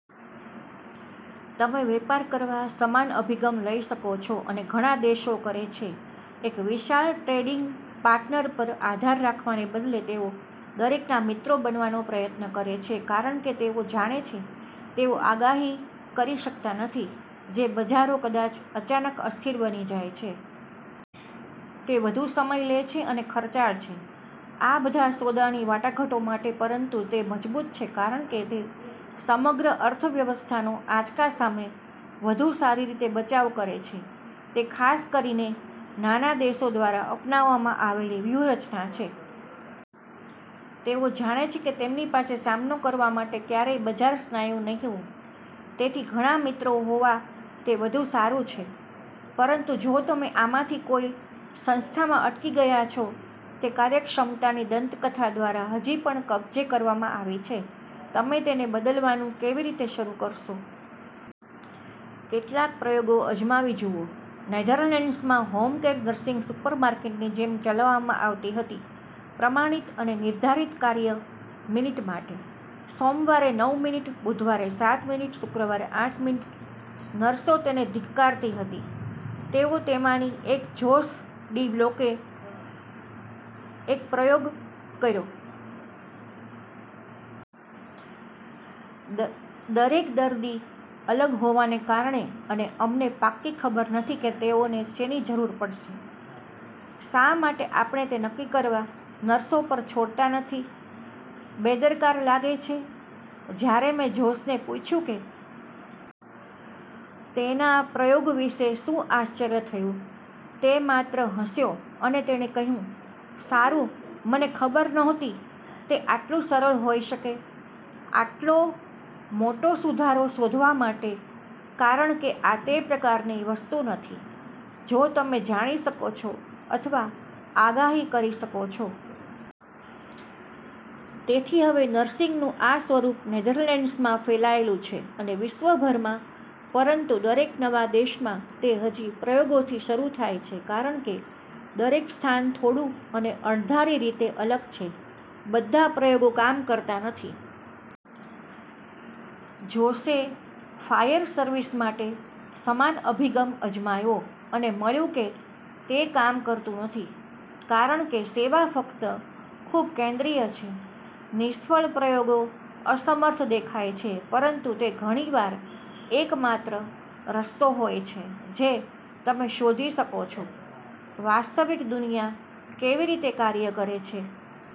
તમે વેપાર કરવા સમાન અભિગમ લઈ શકો છો અને ઘણા દેશો કરે છે. એક વિશાળ ટ્રેડિંગ પાર્ટનર પર આધાર રાખવાને બદલે તેઓ દરેકના મિત્રો બનવાનો પ્રયત્ન કરે છે કારણ કે તેઓ જાણે છે તેઓ આગાહી કરી શકતા નથી જે બજારો કદાચ અચાનક અસ્થિર બની જાય છે. તે વધુ સમય લે છે અને ખર્ચાળ છે આ બધા સોદાની વાટાઘાટો માટે પરંતુ તે મજબૂત છે કારણ કે તે સમગ્ર અર્થવ્યવસ્થાનો આંચકા સામે વધુ સારી રીતે બચાવ કરે છે. તે ખાસ કરીને નાના દેશો દ્વારા અપનાવવામાં આવેલી વ્યૂહરચના છે. તેઓ જાણે છે કે તેમની પાસે સામનો કરવા માટે ક્યારેય બજાર સ્નાયુ નહીં હોય. તેથી ઘણા મિત્રો હોવા તે વધુ સારું છે. પરંતુ જો તમે આમાંથી કોઈ સંસ્થામાં અટકી ગયા છો તે કાર્યક્ષમતાની દંતકથા દ્વારા હજી પણ કબજે કરવામાં આવી છે, તમે તેને બદલવાનું કેવી રીતે શરૂ કરશો? કેટલાક પ્રયોગો અજમાવી જુઓ. નેધરલેન્ડ્સમાં હોમ કેર નર્સિંગ સુપરમાર્કેટની જેમ ચલાવવામાં આવતી હતી પ્રમાણિત અને નિર્ધારિત કાર્ય મિનિટ માટે, સોમવારે નવ મિનિટ, બુધવારે સાત મિનિટ, શુક્રવારે આઠ મિનિટ. નર્સો તેને ધિક્કારતી હતી. તેથી તેમાંની એક જોસ ડી બ્લોકે એક પ્રયોગ કર્યો. દરેક દર્દી અલગ હોવાને કારણે અને અમને પાક્કી ખબર નથી કે તેઓને શેની જરૂર પડશે. શા માટે આપણે તે નક્કી કરવા નર્સો પર છોડતા નથી? બેદરકાર લાગે છે? જ્યારે મેં જોસને પૂછ્યું કે તેનાં પ્રયોગ વિશે શું આશ્ચર્ય થયું, તે માત્ર હસ્યો અને તેણે કહ્યું, "સારું, મને ખબર નહોતી તે આટલું સરળ હોઈ શકે આટલો મોટો સુધારો શોધવા માટે કારણ કે આ તે પ્રકારની વસ્તુ નથી જે તમે જાણી શકો છો અથવા આગાહી કરી શકો છો. તેથી હવે નર્સિંગનું આ સ્વરૂપ નેધરલેન્ડ્ઝમાં ફેલાયેલું છે અને વિશ્વભરમાં. પરંતુ દરેક નવા દેશમાં તે હજી પ્રયોગોથી શરૂ થાય છે કારણ કે દરેક સ્થાન થોડું અને અણધારી રીતે અલગ છે. બધા પ્રયોગો કામ કરતા નથી. જોસે ફાયર સર્વિસ માટે સમાન અભિગમ અજમાવ્યો અને મળ્યું કે તે કામ કરતું નથી કારણ કે સેવા ફક્ત ખૂબ કેન્દ્રિય છે. નિષ્ફળ પ્રયોગો અસમર્થ દેખાય છે પરંતુ તે ઘણી વાર એકમાત્ર રસ્તો હોય છે જે તમે શોધી શકો છો વાસ્તવિક દુનિયા કેવી રીતે કાર્ય કરે છે.